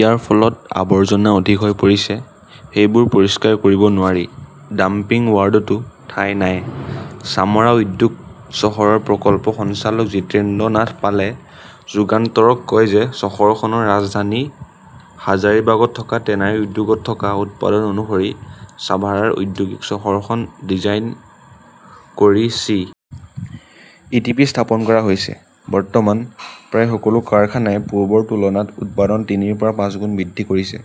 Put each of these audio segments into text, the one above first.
ইয়াৰ ফলত আৱৰ্জনা অধিক হৈ পৰিছে। সেইবোৰ পৰিষ্কাৰ কৰিব নোৱাৰি। ডাম্পিং ৱাৰ্ডতো ঠাই নাই। চামৰা উদ্যোগ চহৰৰ প্ৰকল্প সঞ্চালক জিতেন্দ্ৰ নাথ পালে যুগান্তৰক কয় যে চহৰখনৰ ৰাজধানী হাজাৰিবাগত থকা টেনাৰী উদ্যোগত থকা উৎপাদন অনুসৰি ছাভাৰৰ ঔদ্যোগিক চহৰখন ডিজাইন কৰি চি. ই. টি. পি. স্থাপন কৰা হৈছে। বৰ্তমান প্ৰায় সকলো কাৰখানাই পূৰ্বৰ তুলনাত উৎপাদন তিনিৰ পৰা পাঁচগুণ বৃদ্ধি কৰিছে।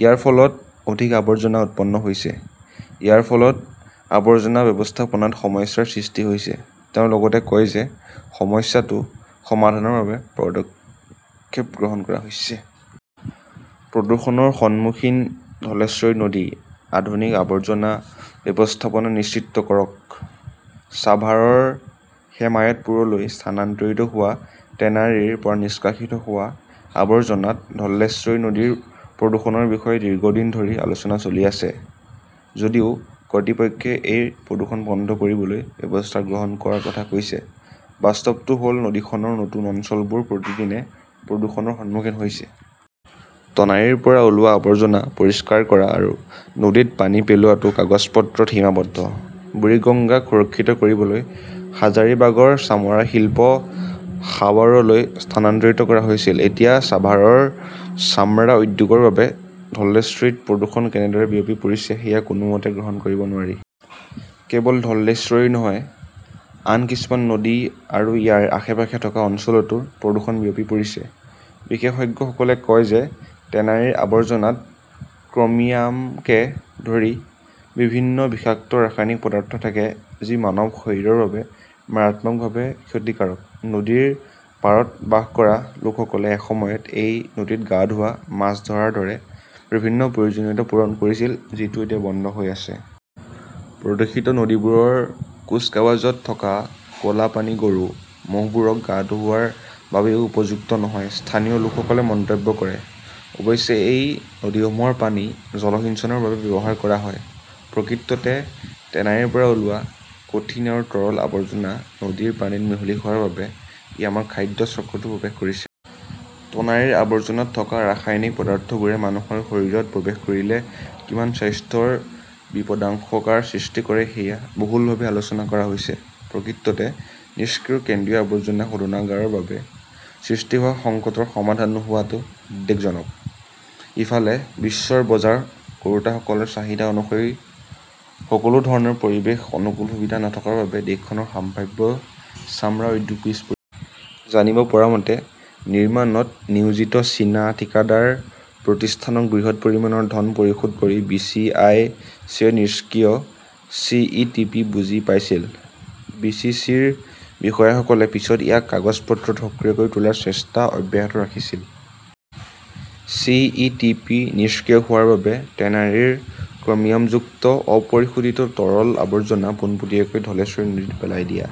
ইয়াৰ ফলত অধিক আৱৰ্জনা উৎপন্ন হৈছে। ইয়াৰ ফলত আৱৰ্জনা ব্যৱস্থাপনাত সমস্যাৰ সৃষ্টি হৈছে। তেওঁ লগতে কয় যে সমস্যাটো সমাধানৰ বাবে পদক্ষেপ গ্ৰহণ কৰা হৈছে। প্ৰদূষণৰ সন্মুখীন ধলেশ্বৰী নদী ।আধুনিক আৱৰ্জনা ব্যৱস্থাপনা নিশ্চিত কৰক। ছাভাৰৰ হেমায়তপুৰলৈ স্থানান্তৰিত হোৱা টেনাৰীৰ পৰা নিষ্কাশিত হোৱা আৱৰ্জনাত ধলেশ্বৰী নদীৰ প্ৰদূষণৰ বিষয়ে দীৰ্ঘদিন ধৰি আলোচনা চলি আছে। যদিও কৰ্তৃপক্ষই এই প্ৰদূষণ বন্ধ কৰিবলৈ ব্যৱস্থা গ্ৰহণ কৰাৰ কথা কৈছে, বাস্তৱটো হ'ল নদীখনৰ নতুন অঞ্চলবোৰ প্ৰতিদিনে প্ৰদূষণৰ সন্মুখীন হৈছে। টনাৰীৰ পৰা ওলোৱা আৱৰ্জনা পৰিষ্কাৰ কৰা আৰু নদীত পানী পেলোৱাটো কাগজ-পত্ৰত সীমাবদ্ধ। বুৰিগঙ্গাক সুৰক্ষিত কৰিবলৈ হাজাৰিবাগৰ চামৰা শিল্প সাৱাৰলৈ স্থানান্তৰিত কৰা হৈছিল। এতিয়া ছাভাৰৰ চামৰা উদ্যোগৰ বাবে ধলেশ্বৰীত প্ৰদূষণ কেনেদৰে বিয়পি পৰিছে সেয়া কোনোমতে গ্ৰহণ কৰিব নোৱাৰি। কেৱল ধলেশ্বৰেই নহয়, আন কিছুমান নদী আৰু ইয়াৰ আশে-পাশে থকা অঞ্চলতো প্ৰদূষণ বিয়পি পৰিছে। বিশেষজ্ঞসকলে কয় যে টেনাৰীৰ আৱৰ্জনাত ক্ৰমিয়ামকে ধৰি বিভিন্ন বিষাক্ত ৰাসায়নিক পদাৰ্থ থাকে, যি মানৱ শৰীৰৰ বাবে মাৰাত্মকভাৱে ক্ষতিকাৰক। নদীৰ পাৰত বাস কৰা লোকসকলে এসময়ত এই নদীত গা ধোৱা, মাছ ধৰাৰ দৰে বিভিন্ন প্ৰয়োজনীয়তা পূৰণ কৰিছিল, যিটো এতিয়া বন্ধ হৈ আছে। প্ৰদূষিত নদীবোৰৰ কুচকাৱাজত থকা ক'লা পানী গৰু, ম'হবোৰক গা ধোৱাৰ বাবেও উপযুক্ত নহয়, স্থানীয় লোকসকলে মন্তব্য কৰে। অৱশ্যে এই নদীসমূহৰ পানী জলসিঞ্চনৰ বাবে ব্যৱহাৰ কৰা হয়। প্ৰকৃততে টেনাৰীৰ পৰা ওলোৱা কঠিন আৰু তৰল আৱৰ্জনা নদীৰ পানীত মিহলি হোৱাৰ বাবে ই আমাৰ খাদ্য চক্ৰতো প্ৰৱেশ কৰি আছে। টনাৰীৰ আৱৰ্জনাত থকা ৰাসায়নিক পদাৰ্থবোৰে মানুহৰ শৰীৰত প্ৰৱেশ কৰিলে কিমান স্বাস্থ্যৰ বিপদাশংকাৰ সৃষ্টি কৰে সেয়া বহুলভাৱে আলোচনা কৰা হৈছে। প্ৰকৃততে নিষ্ক্ৰিয় কেন্দ্ৰীয় আৱৰ্জনা শোধনাগাৰ ৰ বাবে সৃষ্টি হোৱা সংকটৰ সমাধান নোহোৱাটো উদ্বেগজনক। ইফালে বিশ্বৰ বজাৰ কৰোঁতাসকলৰ চাহিদা অনুসৰি সকলো ধৰণৰ পৰিৱেশ অনুকূল সুবিধা নথকাৰ বাবে দেশখনৰ সম্ভাৱ্য চামৰা উদ্যোগ পিছ পৰি আছে। জানিব পৰা মতে, নিৰ্মাণত নিয়োজিত চীনা ঠিকাদাৰ প্ৰতিষ্ঠানক বৃহৎ পৰিমাণৰ ধন পৰিশোধ কৰি বি. চি. আই. চি.য়ে নিষ্ক্ৰিয় চি. ই. টি. পি. বুজি পাইছিল। বি. চি. চি. ৰ বিষয়াসকলে পিছত ইয়াক কাগজ পত্ৰত সক্ৰিয় কৰি তোলাৰ চেষ্টা অব্যাহত ৰাখিছিল। চি. ই. টি. পি. নিষ্ক্ৰিয় হোৱাৰ বাবে টেনাৰীৰ ক্ৰমিয়ামযুক্ত অপৰিশোধিত তৰল আৱৰ্জনা পোনপটীয়াকৈ ধলেশ্বৰী নদীত পেলাই দিয়া